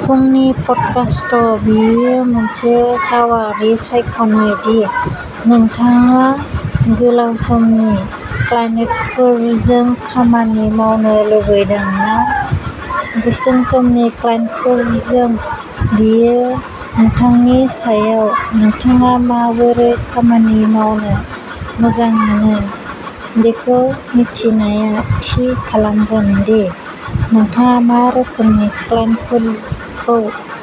फुंनि पडकास्ट, बेयो मोनसे गावारि सायख'नाय दि नोंथाङा गोलाव समनि क्लाइन्टफोरजों खामानि मावनो लुबैदों ना गुसुं समनि क्लाइन्टफोरजों। बेयो नोंथांनि सायाव। नोंथाङा माबोरै खामानि मावनो मोजां मोनो बेखौ मिथिनाया थि खालामगोन दि नोंथाङा मा रोखोमनि क्लाइन्टफोरखौ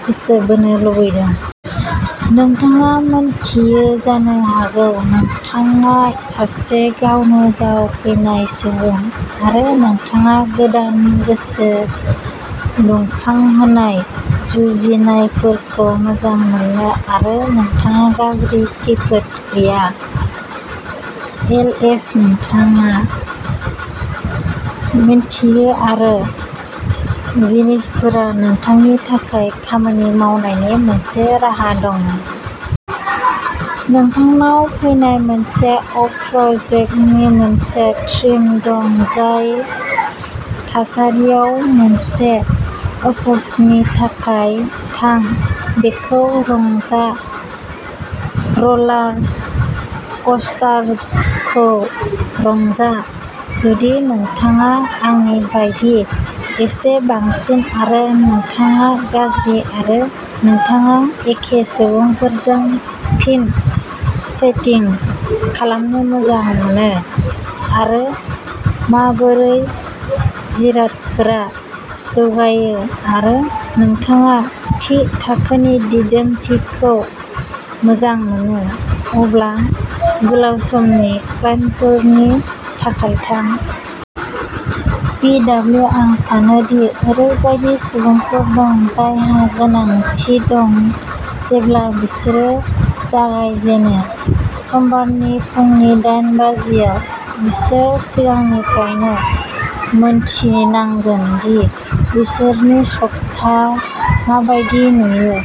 गोसो बोनो लुबैदों। नोंथाङा मिन्थियो जानो हागौ नोंथाङा सासे गावनो-गाव फैनाय सुबुं आरो नोंथाङा गोदान गोसो दुंखां होनाय जुजिनायफोरखौ मोजां मोनो आरो नोंथाङा गाज्रि खैफोद गैया। एलएच नोंथाङा मिन्थियो आरो जिनिसफोरा नोंथांनि थाखाय खामानि मावनायनि मोनसे राहा दं। नोंथांनाव फैनाय मोनसे अफ प्रजेक्टनि मोनसे स्ट्रिम दं जाय थासारियाव मोनसे अफ्सनि थाखाय थां, बेखौ रंजा र'लार कस्टारखौ रंजा। जुदि नोंथाङा आंनि बायदि एसे बांसिन आरो नोंथाङा गाज्रि आरो नोंथाङा एखे सुबुंफोरजों फिन चैटिं खालामनो मोजां मोनो आरो माबोरै जिरादफोरा जौगायो आरो नोंथाङा थि थाखोनि दिदोमथिखौ मोजां मोनो, अब्ला गोलाव समनि क्लाइन्टफोरनि थाखाय थां। पि डब्लिउ आं सानो दि ओरैबायदि सुबुंफोर दं जायहा गोनांथि दं जेब्ला बिसोरो जागायजेनो। समबारनि फुंनि दायेन बाजियाव, बिसोर सिगांनिफ्रायनो मिन्थिनांगोन दि बिसोरनि सप्ता माबायदि नुयो।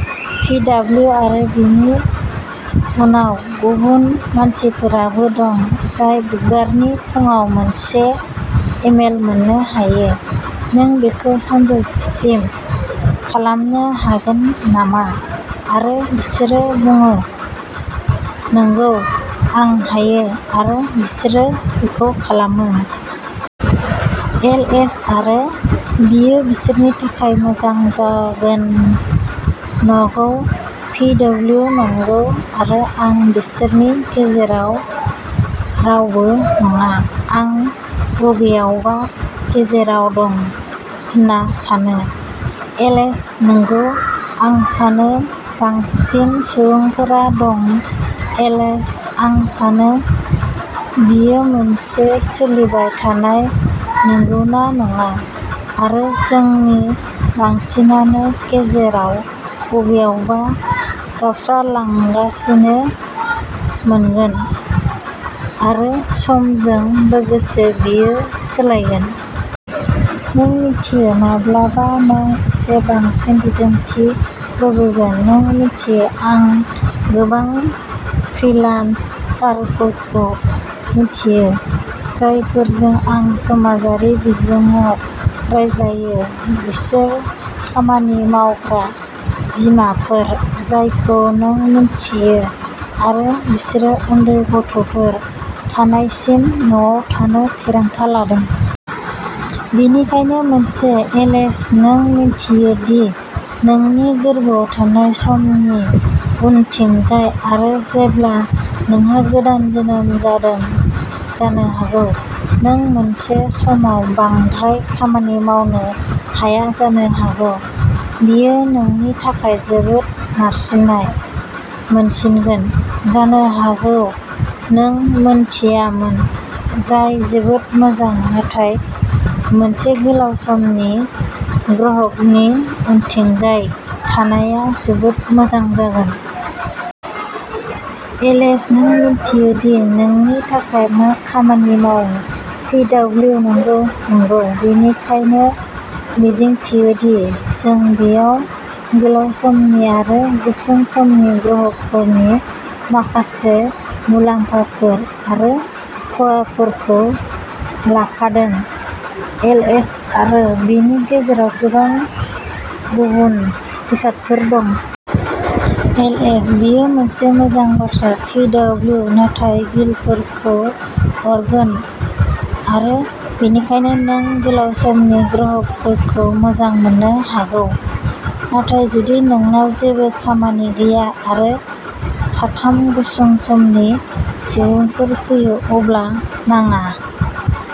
पि डब्लिउ आरो बेनि उनाव गुबुन मानसिफोरबो दं जाय बुधबारनि फुंआव मोनसे इमेल मोन्नो हायो, नों बेखौ सानजौफुसिम खालामनो हागोन नामा आरो बिसोरो बुङो नंगौ आं हायो आरो बिसोरो बेखौ खालामो। एलएच आरो बेयो बिसोरनि थाखाय मोजां जागोन, नगौ। पि डब्लिउ नंगौ आरो आं बिसोरनि गेजेराव रावबो नङा, आं बबेयावबा गेजेराव दं होनना सानो। एलएच नंगौ आं सानो बांसिन सुबुंफोरा दं। एलएच आं सानो बेयो मोनसे सोलिबाय थानाय, नंगौना नङा आरो जोंनि बांसिनानो गेजेराव बबेयावबा गावस्रालांगासिनो मोनगोन आरो समजों लोगोसे बेयो सोलायगोन। नों मिथियो माब्लाबा नों एसे बांसिन दिदोमथि लुबैगोन। नों मिन्थियो आं गोबां फ्रिलान्सारफोरखौ मिन्थियो जायफोरजों आं समाजारि बिजोङाव रायज्लायो बिसोर खामानि मावग्रा बिमाफोर जायखौ नों मिन्थियो आरो बिसोरो उन्दै गथ'फोर थानायसिम न'आव थानो थिरांथा लादों। बेनिखायनो मोनसे एल एच नों मिन्थियो दि नोंनि गोर्बोआव थानाय समनि उनथिंजाय आरो जेब्ला नोंहा गोदान जोनोम जादों जानो हागौ नों मोनसे समाव बांद्राय खामानि मावनो हाया जानो हागौ बेयो नोंनि थाखाय जोबोद नारसिननाय मोनसिनगोन जानो हागौ नों मिन्थियामोन, जाय जोबोद मोजां नाथाय मोनसे गोलाव समनि ग्रहकनि उनथिंजाय थानायआ जोबोद मोजां जागोन। एल एच नों मिन्थियो दि नोंनि थाखाय मा खामानि मावो। पि डब्लिउ नंगौ, नंगौ। बेनिखायनो मिजिंथियोदि जों बेयाव गोलाव समनि आरो गुसुं समनि ग्रहकफोरनि माखासे मुलाम्फाफोर आरो खहाफोरखौ लाफादों। एल एच आरो बेनि गेजेराव गोबां गुबुन बेसादफोर दं। एल एच बेयो मोनसे मोजां बाथ्रा। पि डब्लिउ नाथाय बिलफोरखौ हरगोन आरो बेनिखायनो नों गोलाव समनि ग्रहकफोरखौ मोजां मोननो हागौ नाथाय जुदि नोंनाव जेबो खामानि गैया आरो साथाम गुसुं समनि सुबुंफोर फैयो अब्ला नाङा।